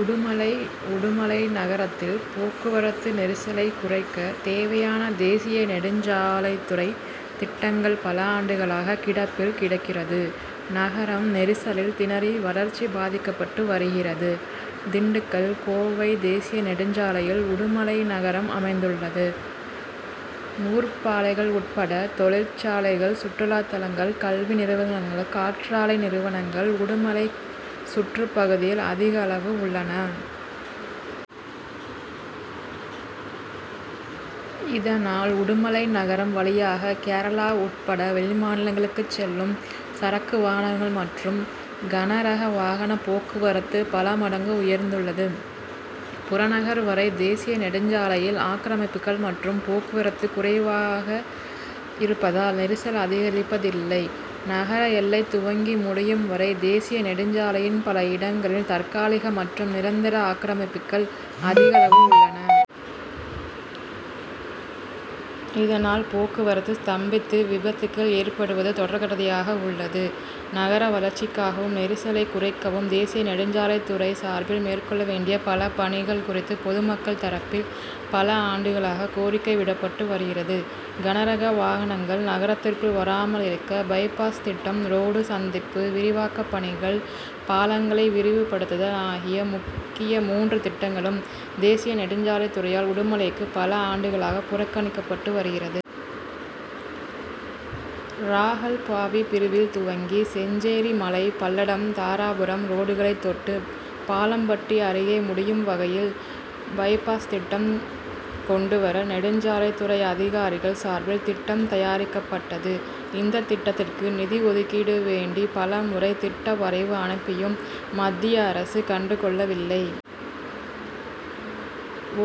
உடுமலை உடுமலை நகரத்தில் போக்குவரத்து நெரிசலை குறைக்க தேவையான தேசிய நெடுஞ்சாலைத்துறை திட்டங்கள் பல ஆண்டுகளாக கிடப்பில் கிடக்கிறது. நகரம் நெரிசலில் திணறி வளர்ச்சி பாதிக்கப்பட்டு வருகிறது. திண்டுக்கல்- கோவை தேசிய நெடுஞ்சாலையில் உடுமலை நகரம் அமைந்துள்ளது. நூற்பாலைகள் உட்பட தொழிற் சாலைகள், சுற்றுலா தலங்கள், கல்வி நிறுவனங்கள், காற்றாலை நிறுவனங்கள் உடுமலை சுற்றுப்பகுதியில் அதிகளவு உள்ளன. இதனால், உடுமலை நகரம் வழியாக கேரளா உட்பட வெளிமாநிலங்களுக்கு செல்லும் சரக்கு வாகனங்கள் மற்றும், கனரகவாகன போக்குவரத்து பல மடங்கு உயர்ந்துள்ளது. புறநகர் வரை தேசிய நெடுஞ்சாலையில் ஆக்கிரமிப்புகள் மற்றும் போக்குவரத்து குறைவாக இருப்பதால் நெரிசல் அதிகரிப்பதில்லை. நகர எல்லை துவங்கி முடியும் வரை தேசிய நெடுஞ்சாலையின் பல இடங்களில் தற்காலிக மற்றும் நிரந்தர ஆக்கிரமிப்புகள் அதிகளவு உள்ளன. இதனால், போக்குவரத்து ஸ்தம்பித்து விபத்துகள் ஏற்படுவது தொடர்கதையாக உள்ளது. நகர வளர்ச்சிக்காகவும், நெரிசலை குறைக் கவும் தேசிய நெடுஞ்சாலைத்துறை சார்பில் மேற்கொள்ள வேண்டிய பல பணிகள் குறித்து பொதுமக்கள் தரப்பில் பல ஆண்டுகளாக கோரிக்கை விடப்பட்டு வருகிறது. கனரக வாகனங்கள் நகரத்திற்குள் வராமல் இருக்க பை-பாஸ் திட்டம், ரோடு சந்திப்பு விரிவாக்க பணிகள், பாலங்களை விரிவுபடுத்துதல் ஆகிய முக்கிய மூன்று திட்டங்களும் தேசிய நெடுஞ்சாலைத்துறையால் உடுமலைக்கு பல ஆண்டுகளாக புறக்கணிக்கப்பட்டு வருகிறது. ராகல்பாவி பிரிவில் துவங்கி செஞ்சேரிமலை, பல்லடம், தாராபுரம் ரோடுகளை தொட்டு பாலப்பம்பட்டி அருகே முடியும் வகையில் பை-பாஸ் திட்டம் கொண்டு வர நெடுஞ் சாலைத்துறை அதிகாரிகள் சார்பில் திட்டம் தயாரிக்கப்பட்டது. இந்த திட்டத்திற்கு நிதி ஒதுக்கீடு வேண்டி பல முறை திட்ட வரைவு அனுப்பியும் மத்திய அரசு கண்டுகொள்ள வில்லை.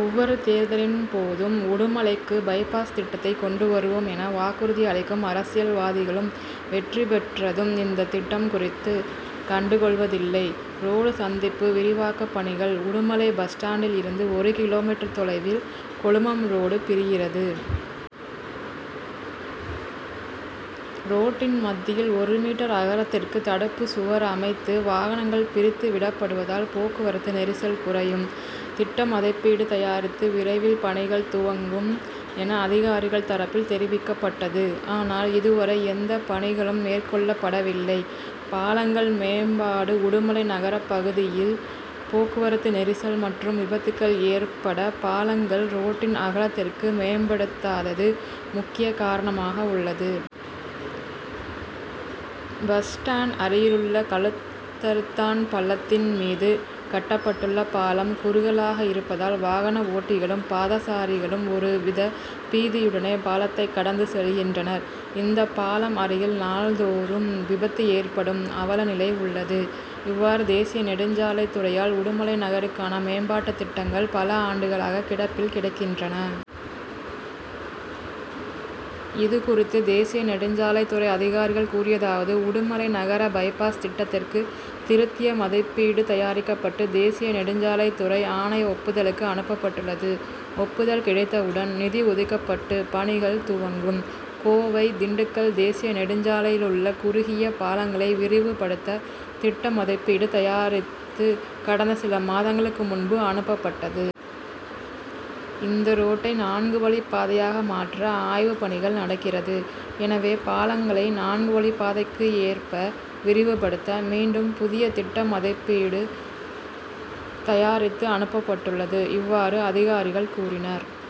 ஒவ்வொரு தேர்தலின் போதும் உடுமலைக்கு பை-பாஸ் திட்டத்தை கொண்டு வருவோம் என வாக்குறுதி அளிக்கும் அரசியல்வாதிகளும் வெற்றி பெற்றதும் இந்த திட்டம் குறித்து கண்டுகொள்வதில்லை. ரோடு சந்திப்பு விரிவாக்க பணிகள் உடுமலை பஸ் ஸ்டாண்டில் இருந்து ஒரு கி. மீ., தொலைவில் கொழுமம் ரோடு பிரிகிறது. ரோட்டின் மத்தியில் ஒரு மீட்டர் அகலத்திற்கு தடுப்பு சுவர் அமைத்து வாகனங்கள் பிரித்து விடப்படுவதால் போக்குவரத்து நெரிசல் குறையும்; திட்டமதிப்பீடு தயாரித்து விரைவில் பணிகள் துவங்கும் என அதிகாரிகள் தரப்பில் தெரிவிக்கப்பட்டது. ஆனால், இதுவரை எந்த பணிகளும் மேற்கொள்ளப்படவில்லை. பாலங்கள் மேம்பாடு உடுமலை நகரப்பகுதியில் போக்குவரத்து நெரிசல் மற்றும் விபத்துகள் ஏற்பட பாலங்கள் ரோட்டின் அகலத்திற்கு மேம்படுத்தாதது முக்கிய காரணமாக உள்ளது. பஸ் ஸ்டாண்ட் அருகிலுள்ள கழுத்தறுத்தான் பள்ளத்தின் மீது கட்டப்படுள்ள பாலம் குறுகலாக இருப்பதால் வாகன ஓட்டிகளும், பாதசாரிகளும் ஒரு வித பீதியுடனே பாலத்தை கடந்து செல்கின்றனர். இந்த பாலம் அருகில் நாள்தோறும் விபத்து ஏற்படும் அவல நிலை உள்ளது. இவ்வாறு தேசிய நெடுஞ்சாலைத்துறையால் உடுமலை நகருக்கான மேம்பாட்டு திட்டங்கள் பல ஆண்டுகளாக கிடப்பில் கிடக்கின்றன. இது குறித்து தேசிய நெடுஞ்சாலைத்துறை அதிகாரிகள் கூறியதாவது உடுமலை நகர பை-பாஸ் திட்டத்திற்கு திருத்திய மதிப்பீடு தயாரிக்கப்பட்டு தேசிய நெடுஞ்சாலைத்துறை ஆணைய ஒப்புதலுக்கு அனுப்பப்பட்டுள்ளது. ஒப்புதல் கிடைத்தவுடன் நிதி ஒதுக்கப்பட்டு பணிகள் துவங்கும். கோவை-திண்டுக்கல் தேசிய நெடுஞ்சாலையிலுள்ள குறுகிய பாலங்களை விரிவுபடுத்த திட்ட மதிப்பீடு தயாரித்து கடந்த சில மாதங்களுக்கு முன்பு அனுப்பப்பட்டது. இந்த ரோட்டை நான்கு வழிப்பாதையாக மாற்ற ஆய்வு பணிகள் நடக்கிறது. எனவே பாலங்களை நான்கு வழிப்பாதைக்கு ஏற்ப விரிவுபடுத்த மீண்டும் புதிய திட்ட மதிப்பீடு தயாரித்து அனுப்பப் பட்டுள்ளது. இவ்வாறு அதிகாரிகள் கூறினர்.